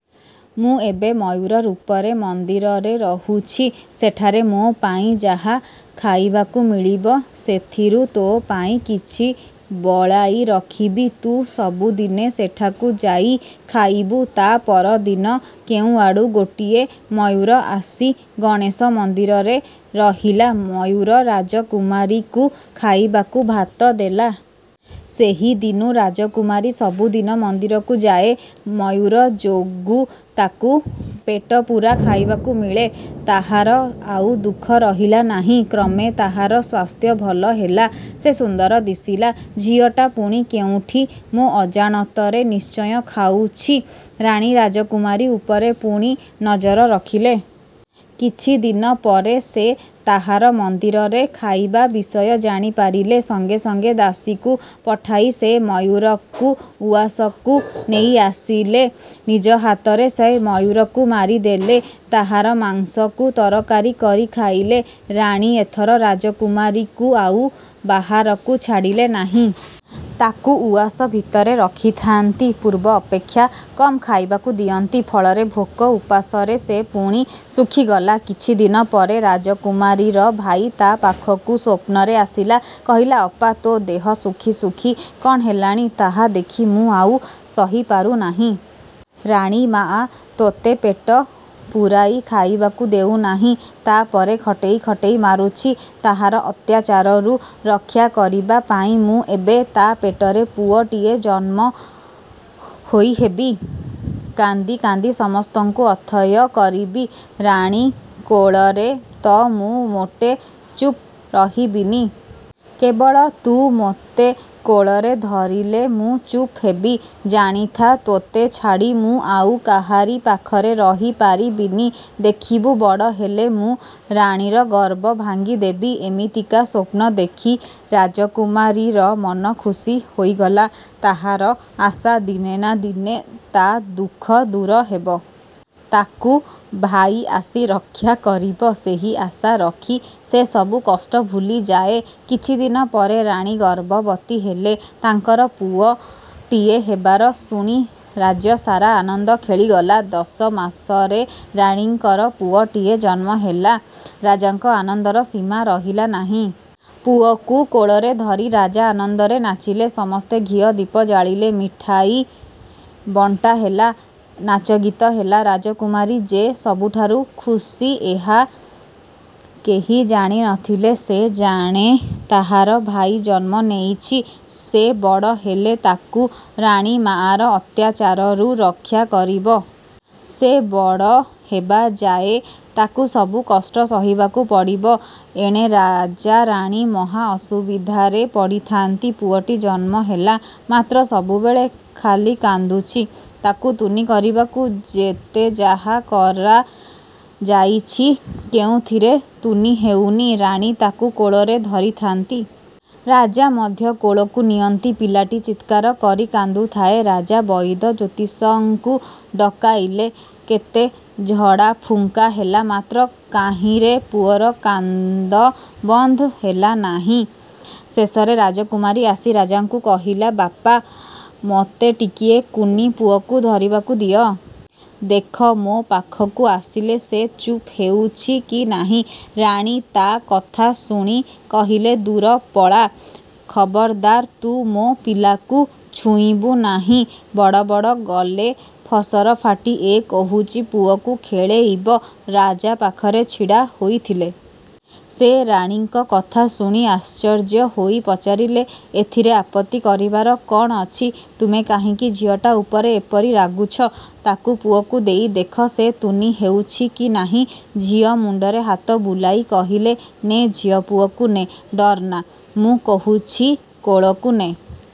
ମୁଁ ଏବେ ମୟୂର ରୂପରେ ମନ୍ଦିରରେ ରହୁଛି। ସେଠାରେ ମୋ ପାଇଁ ଯାହା ଖାଇବାକୁ ମିଳିବ, ସେଥିରୁ ତୋ ପାଇଁ କିଛି ବଳାଇ ରଖିବି। ତୁ ସବୁଦିନେ ସେଠାକୁ ଯାଇ ଖାଇବୁ। ତା ପରଦିନ କେଉଁଆଡ଼ୁ ଗୋଟିଏ ମୟୂର ଆସି ଗଣେଶ ମନ୍ଦିରରେ ରହିଲା। ମୟୂର ରାଜକୁମାରୀକୁ ଖାଇବାକୁ ଭାତ ଦେଲା। ସେହି ଦିନୁ ରାଜକୁମାରୀ ସବୁଦିନ ମନ୍ଦିରକୁ ଯାଏ। ମୟୂର ଯୋଗୁ ତାକୁ ପେଟପୂରା ଖାଇବାକୁ ମିଳେ। ତାହାର ଆଉ ଦୁଃଖ ରହିଲା ନାହିଁ। କ୍ରମେ ତାହାର ସ୍ୱାସ୍ଥ୍ୟ ଭଲ ହେଲା। ସେ ସୁନ୍ଦର ଦିଶିଲା। ଝିଅଟା ପୁଣି କେଉଁଠି ମୋ ଅଜାଣତରେ ନିଶ୍ଚୟ ଖାଉଛି। ରାଣୀ ରାଜକୁମାରୀ ଉପରେ ପୁଣି ନଜର ରଖିଲେ। କିଛି ଦିନ ପରେ ସେ ତାହାର ମନ୍ଦିରରେ ଖାଇବା ବିଷୟ ଜାଣିପାରିଲେ। ସଙ୍ଗେ ସଙ୍ଗେ ଦାସୀକୁ ପଠାଇ ସେ ମୟୂରକୁ ଉଆସକୁ ନେଇଆସିଲେ। ନିଜ ହାତରେ ସେ ମୟୂରକୁ ମାରିଦେଲେ। ତାହାର ମାଂସକୁ ତରକାରି କରି ଖାଇଲେ। ରାଣୀ ଏଥର ରାଜକୁମାରୀକୁ ଆଉ ବାହାରକୁ ଛାଡ଼ିଲେ ନାହିଁ। ତାକୁ ଉଆସ ଭିତରେ ରଖିଥାନ୍ତି। ପୂର୍ବ ଅପେକ୍ଷା କମ୍ ଖାଇବାକୁ ଦିଅନ୍ତି। ଫଳରେ ଭୋକ ଉପାସରେ ସେ ପୁଣି ଶୁଖିଗଲା। କିଛି ଦିନ ପରେ ରାଜକୁମାରୀର ଭାଇ ତା ପାଖକୁ ସ୍ୱପ୍ନରେ ଆସିଲା। କହିଲା, ଅପା! ତୋ ଦେହ ଶୁଖି ଶୁଖି କ'ଣ ହେଲାଣି! ତାହା ଦେଖି ମୁଁ ଆଉ ସହିପାରୁନାହିଁ। ରାଣୀ ମାଆ ତୋତେ ପେଟ ପୂରାଇ ଖାଇବାକୁ ଦେଉନାହିଁ। ତା ପରେ ଖଟେଇ ଖଟେଇ ମାରୁଛି। ତାହାର ଅତ୍ୟାଚାରରୁ ରକ୍ଷା କରିବା ପାଇଁ ମୁଁ ଏବେ ତା ପେଟରେ ପୁଅଟିଏ ହୋଇ ଜନ୍ମ ହେବି। କାନ୍ଦି କାନ୍ଦି ସମସ୍ତଙ୍କୁ ଅଥୟ କରିବି। ରାଣୀ କୋଳରେ ତ ମୁଁ ମୋଟେ ଚୁପ ରହିବିନି। କେବଳ ତୁ ମୋତେ କୋଳରେ ଧରିଲେ ମୁଁ ଚୁପ ହେବି। ଜାଣିଥା ତୋତେ ଛାଡ଼ି ମୁଁ ଆଉ କାହାରି ପାଖରେ ରହିପାରିବିନି। ଦେଖିବୁ, ବଡ଼ ହେଲେ ମୁଁ ରାଣୀର ଗର୍ବ ଭାଙ୍ଗି ଦେବି। ଏମିତିକା ସ୍ୱପ୍ନ ଦେଖି ରାଜକୁମାରୀର ମନ ଖୁସି ହୋଇଗଲା। ତାହାର ଆଶା, ଦିନେ ନା ଦିନେ ତା ଦୁଃଖ ଦୂର ହେବ। ତାକୁ ଭାଇ ଆସି ରକ୍ଷା କରିବ। ସେହି ଆଶା ରଖି ସେ ସବୁ କଷ୍ଟ ଭୁଲିଯାଏ। କିଛି ଦିନ ପରେ ରାଣୀ ଗର୍ଭବତୀ ହେଲେ। ତାଙ୍କର ପୁଅଟିଏ ହେବାର ଶୁଣି ରାଜ୍ୟ ସାରା ଆନନ୍ଦ ଖେଳିଗଲା। ଦଶ ମାସରେ ରାଣୀଙ୍କର ପୁଅଟିଏ ଜନ୍ମ ହେଲା। ରାଜାଙ୍କ ଆନନ୍ଦର ସୀମା ରହିଲା ନାହିଁ। ପୁଅକୁ କୋଳରେ ଧରି ରାଜା ଆନନ୍ଦରେ ନାଚିଲେ। ସମସ୍ତେ ଘିଅ ଦୀପ ଜାଳିଲେ। ମିଠାଇ ବଣ୍ଟା ହେଲା। ନାଚଗୀତ ହେଲା। ରାଜକୁମାରୀ ଯେ ସବୁଠାରୁ ଖୁସି ଏହା କେହି ଜାଣି ନ ଥିଲେ। ସେ ଜାଣେ, ତାହାର ଭାଇ ଜନ୍ମ ନେଇଛି। ସେ ବଡ଼ ହେଲେ ତାକୁ ରାଣୀ ମାଆର ଅତ୍ୟାଚାରରୁ ରକ୍ଷା କରିବ। ସେ ବଡ଼ ହେବା ଯାଏ ତାକୁ ସବୁ କଷ୍ଟ ସହିବାକୁ ପଡ଼ିବ। ଏଣେ ରାଜା ରାଣୀ ମହା ଅସୁବିଧାରେ ପଡ଼ିଥାନ୍ତି। ପୁଅଟି ଜନ୍ମ ହେଲା, ମାତ୍ର ସବୁବେଳେ ଖାଲି କାନ୍ଦୁଛି। ତାକୁ ତୁନି କରିବାକୁ ଯେତେ ଯାହା କରାଯାଇଛି, କେଉଁଥିରେ ତୁନି ହେଉନି। ରାଣୀ ତାକୁ କୋଳରେ ଧରିଥାନ୍ତି। ରାଜା ମଧ୍ୟ କୋଳକୁ ନିଅନ୍ତି। ପିଲାଟି ଚିତ୍କାର କରି କାନ୍ଦୁଥାଏ। ରାଜା ବଇଦ, ଜ୍ୟୋତିଷଙ୍କୁ ଡକାଇଲେ। କେତେ ଝଡ଼ାଫୁଙ୍କା ହେଲା, ମାତ୍ର କାହିଁରେ ପୁଅର କାନ୍ଦ ବନ୍ଦ ହେଲା ନାହିଁ। ଶେଷରେ ରାଜକୁମାରୀ ଆସି ରାଜାଙ୍କୁ କହିଲା, ବାପା, ମୋତେ ଟିକିଏ କୁନି ପୁଅକୁ ଧରିବାକୁ ଦିଅ। ଦେଖ, ମୋ ପାଖକୁ ଆସିଲେ ସେ ଚୁପ ହେଉଛି କି ନାହିଁ। ରାଣୀ ତା କଥା ଶୁଣି କହିଲେ, ଦୂର ପଳା ଖବରଦାର, ତୁ ମୋ ପିଲାକୁ ଛୁଇଁବୁ ନାହିଁ। ବଡ଼ ବଡ଼ ଗଲେ ଫସର ଫାଟି, ଏ କହୁଛି ପୁଅକୁ ଖେଳେଇବ ରାଜା ପାଖରେ ଛିଡ଼ା ହୋଇଥିଲେ। ସେ ରାଣୀଙ୍କ କଥା ଶୁଣି ଆଶ୍ଚର୍ଯ୍ୟ ହୋଇ ପଚାରିଲେ, ଏଥିରେ ଆପତ୍ତି କରିବାର କ'ଣ ଅଛି? ତୁମେ କାହିଁକି ଝିଅଟା ଉପରେ ଏପରି ରାଗୁଛ? ତାକୁ ପୁଅକୁ ଦେଇ ଦେଖ, ସେ ତୁନି ହେଉଛି କି ନାହିଁ। ଝିଅ ମୁଣ୍ଡରେ ହାତ ବୁଲାଇ କହିଲେ, ନେ ଝିଅ, ପୁଅକୁ ନେ। ଡରନା, ମୁଁ କହୁଛି କୋଳକୁ ନେ।